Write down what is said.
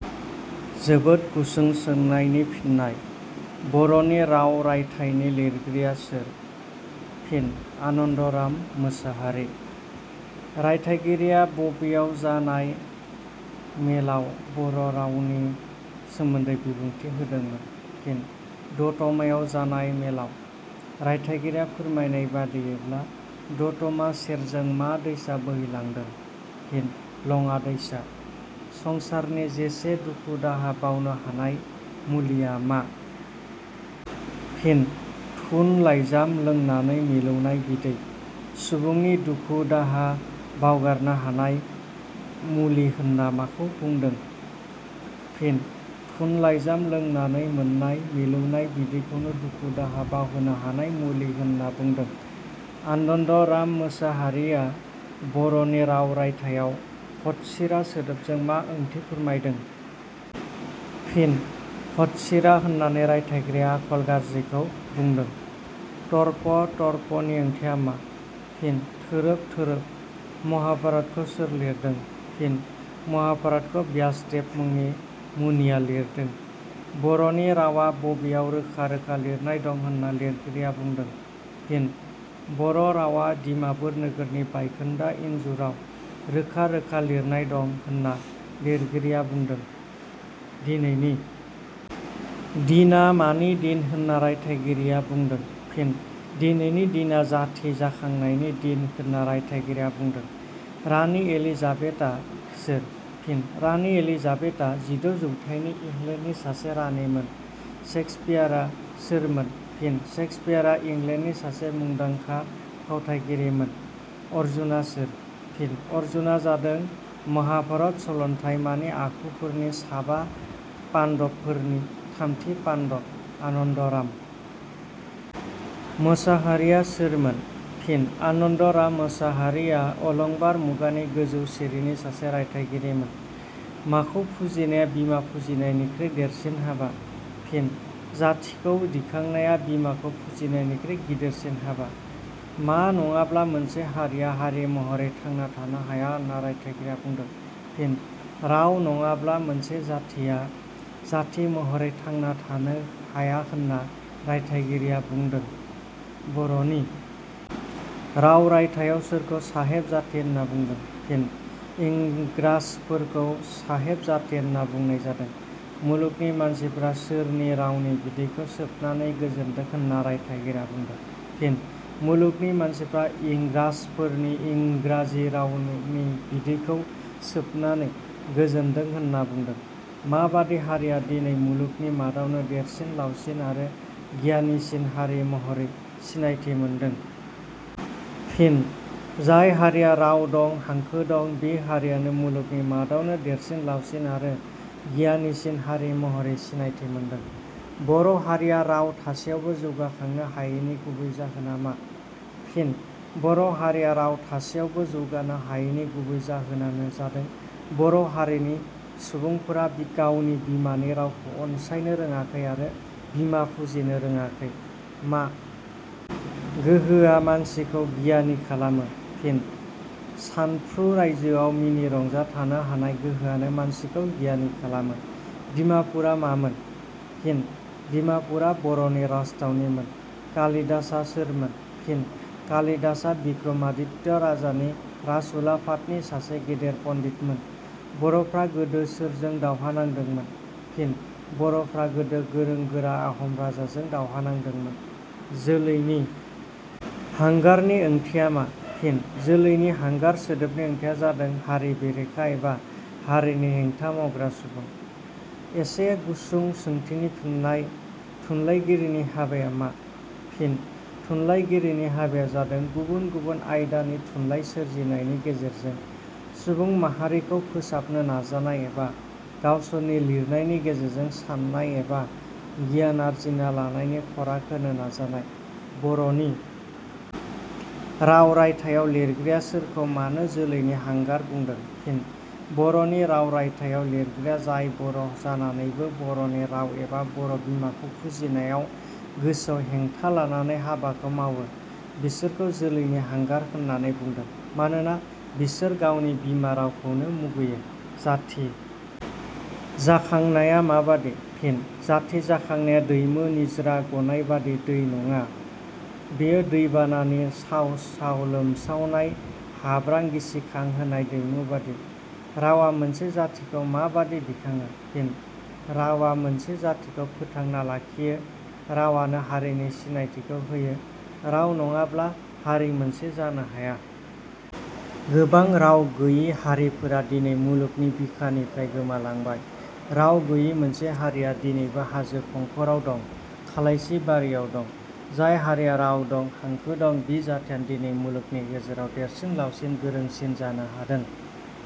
जोबोद गुसुं सोंनायनि फिननाय. बर'नि राव रायथाइनि लिरगिरिया सोर? फिन: आनान्दराम मसाहारि।.रायथाइगिरिया बबेयाव जानाय मेलाव बर' रावनि सोमोन्दै बिबुंथि होदोंमोन? फिन:दतमायाव जानाय मेलाव।.रायथाइगिरिया फोरमायनाय बादियैब्ला दतमा सेरजों मा दैसा बोहैलांदों? फिन:लङा दैसा।.संसारनि जेसे दुखु दाहा बावनो हानाय मुलिया मा? फिन:थुन लाइजाम लोंनानै मिलौनाय बिदै।.सुबुंनि दुखु-दाहा बावगारनो हानाय गुलि होनना माखौ बुंदों? फिन:थुन लाइजाम लोंनानै मोननाय मिलौनाय बिदैखौनो दुखु-दाहा बावहोनो हानाय मुलि होनना बुंदों।.आनान्दराम मसाहारिया बर'नि राव रायथाइयाव हथसिरा सोदोबजों मा ओंथि फोरमायदों? फिन:हथ'सिरा होननानै रायथाइगिरिया आखल गाज्रिखौ बुंदों।.थर्प थर्पनि ओंथिया मा? फिन:थोरोब थोरोब।.महाभारतखौ सोर लिरदों? फिन:महाभारतखौ व्यासदेब मुंनि मुनिया लिरदों।.बर'नि रावा बबेयाव रोखा रोखा लिरनाय दं होनना लिरगिरिया बुंदों? फिन:बर' रावा डिमापुर नोगोरनि बायखोन्दा इन्जुराव रोखा रोखा लिरनाय दं होनना लिरगिरिया बुंदों।.दिनैनि दिना मानि दिन होनना रायथाइगिरिया बुंदों? फिन: दिनैनि दिना जाथि जाखांनायनि दिन होनना रायथाइगिरिया बुंदों।.राणी एलिजाबेथआ सोर? फिन:राणी एलिजाबेथअ जिद' जौथायनि इंलेण्डनि सासे राणीमोन।.सेक्सपियारआ सोरमोन? फिन:सेक्सपियारआ इंलेण्डनि सासे मुंदांखा फावथाइगिरिमोन।.अरजुना सोर? फिन:अरजुना जादों महाभारत सलन्थाइमानि आखुफोरनि साबा पाण्डबफोरनि थामथि पाण्डब।.आनान्दराम मसाहारिया सोरमोन? फिन:आनान्दराम मसाहारिया अलंबार मुगानि गोजौ सिरिनि सासे रायथाइगिरिमोन।.माखौ फुजिनाया बिमा फुजिनायनिख्रुइ देरसिन हाबा? फिन:जाथिखौ दिखांनाया बिमाखौ फुजिनायनिख्रुइ गिदिरसिन हाबा।.मा नङाब्ला मोनसे हारिया हारि महरै थांना थानो हाया होनना रायथाइगिरिया बुंदों? फिन:राव नङाब्ला मोनसे जाथिया जाथि महरै थांना थानो हाया होनना रायथाइगिरिया बुंदों?.'बर'नि राव' रायथाइयाव सोरखौ साहेब जाथि होनना बुंदों? फिन:इंग्राजफोरखौ साहेब जाथि होनना बुंनाय जादों।.मुलुगनि मानसिफोरा सोरनि रावनि बिदैखौ सोबनानै गोजोनदों होनना रायथाइगिरिया बुंदों? फिन:मुलुगनि मानसिफोरा इंग्राजफोरनि इंग्राजि रावनि बिदैखौ सोबनानै गोजोनदों होनना बुंदों।.माबादि हारिया दिनै मुलुगनि मादावनो देरसिन लावसिन आरो गियानिसिन हारि महरै सिनायथि मोनदों? फिन:जाय हारिया राव दं, हांखो दं बि हारियानो मुलुगनि मादावनो देरसिन लावसिन आरो गियानिसिन हारि महरै सिनायथि मोनदों।.बर' हारिया राव थासेयावबो जौगाखांनो हायिनि गुबै जाहोना मा? फिन:बर' हारिया राव थासेयावबो जौगानो हायिनि गुबै जाहोनानो जादों बर' हारिनि सुबुंफोरा गावनि बिमानि रावखौ अनसायनो रोङाखै आरो बिमा फुजिनो रोङाखै।.मा गोहोआ मानसिखौ गियानि खालामो? फिन:सानफ्रु रायजोआव मिनि रंजा थानो हानाय गोहोआनो मानसिखौ गियानि खालामो।.डिमापुरआ मामोन? फिन:दिमापुरआ बर'नि राजथावनिमोन।.कालिदासआ सोरमोन? फिन:कालिदासआ बिक्रमादित्य राजानि राजउलाफादनि सासे गेदेर पण्डितमोन।.बर'फोरा गोदो सोरजों दावहा नांदोंमोन? फिन:बर'फोरा गोदो गोरों-गोरा आहम राजाजों दावहा नांदोंमोन।.जोलैनि हांगारनि ओंथिया मा? फिन:जोलैनि हांगार सोदोबनि ओंथिया जादों हारि बेरेखा एबा हारिनि हेंथा मावग्रा सुबुं। इसे गुसुं सोंथिनि फिननाय. थुनलाइगिरिनि हाबाया मा? फिन:थुनलाइगिरिनि हाबाया जादों गुबुन गुबुन आयदानि थुनलाइ सोरजिनायनि गेजेरजों सुबुं माहारिखौ फोसाबनो नाजानाय एबा गावसोरनि लिरनायनि गेजेरजों साननाय एबा गियान आरजिना लानायनि खराग होनो नाजानाय।.'बर'नि राव' रायथाइयाव लिरगिरिया सोरखौ मानो जोलैनि हांगार बुंदों? फिन:'बर'नि राव' रायथाइयाव लिरगिरिया जाय बर' जानानैबो बर'नि राव एबा बर' बिमाखौ फुजिनायाव गोसोआव हेंथा लानानै हाबाखौ मावो बिसोरखौ जोलैनि हांगार होननानै बुंदों मानोना बिसोर गावनि बिमा रावखौनो मुगैयो।.जाथि जाखांनाया माबादि? फिन:जाथि जाखांनाया दैमु निज्रा गनाय बादि दै नङा, बेयो दैबानानि साव-साव लोमसावनाय हाब्रां गिसिखांहोनाय दैमु बादि।.रावा मोनसे जाथिखौ माबादि दिखाङो? फिन:रावा मोनसे जाथिखौ फोथांना लाखियो, रावानो हारिनि सिनायथिखौ होयो, राव नङाब्ला हारि मोनसे जानो हाया। गोबां राव गैयि गारिफोरा दिनै मुलुगनि बिखानिफ्राय गोमालांबाय। राव गैयि मोनसे हारिया दिनैबो हाजो खंखराव दं, खालायसि बारियाव दं। जाय हारिया राव दं, हांखो दं, बि जाथियानो दिनै मुलुगनि गेजेराव देरसिन लावसिन गोरोंसिन जानो हादों।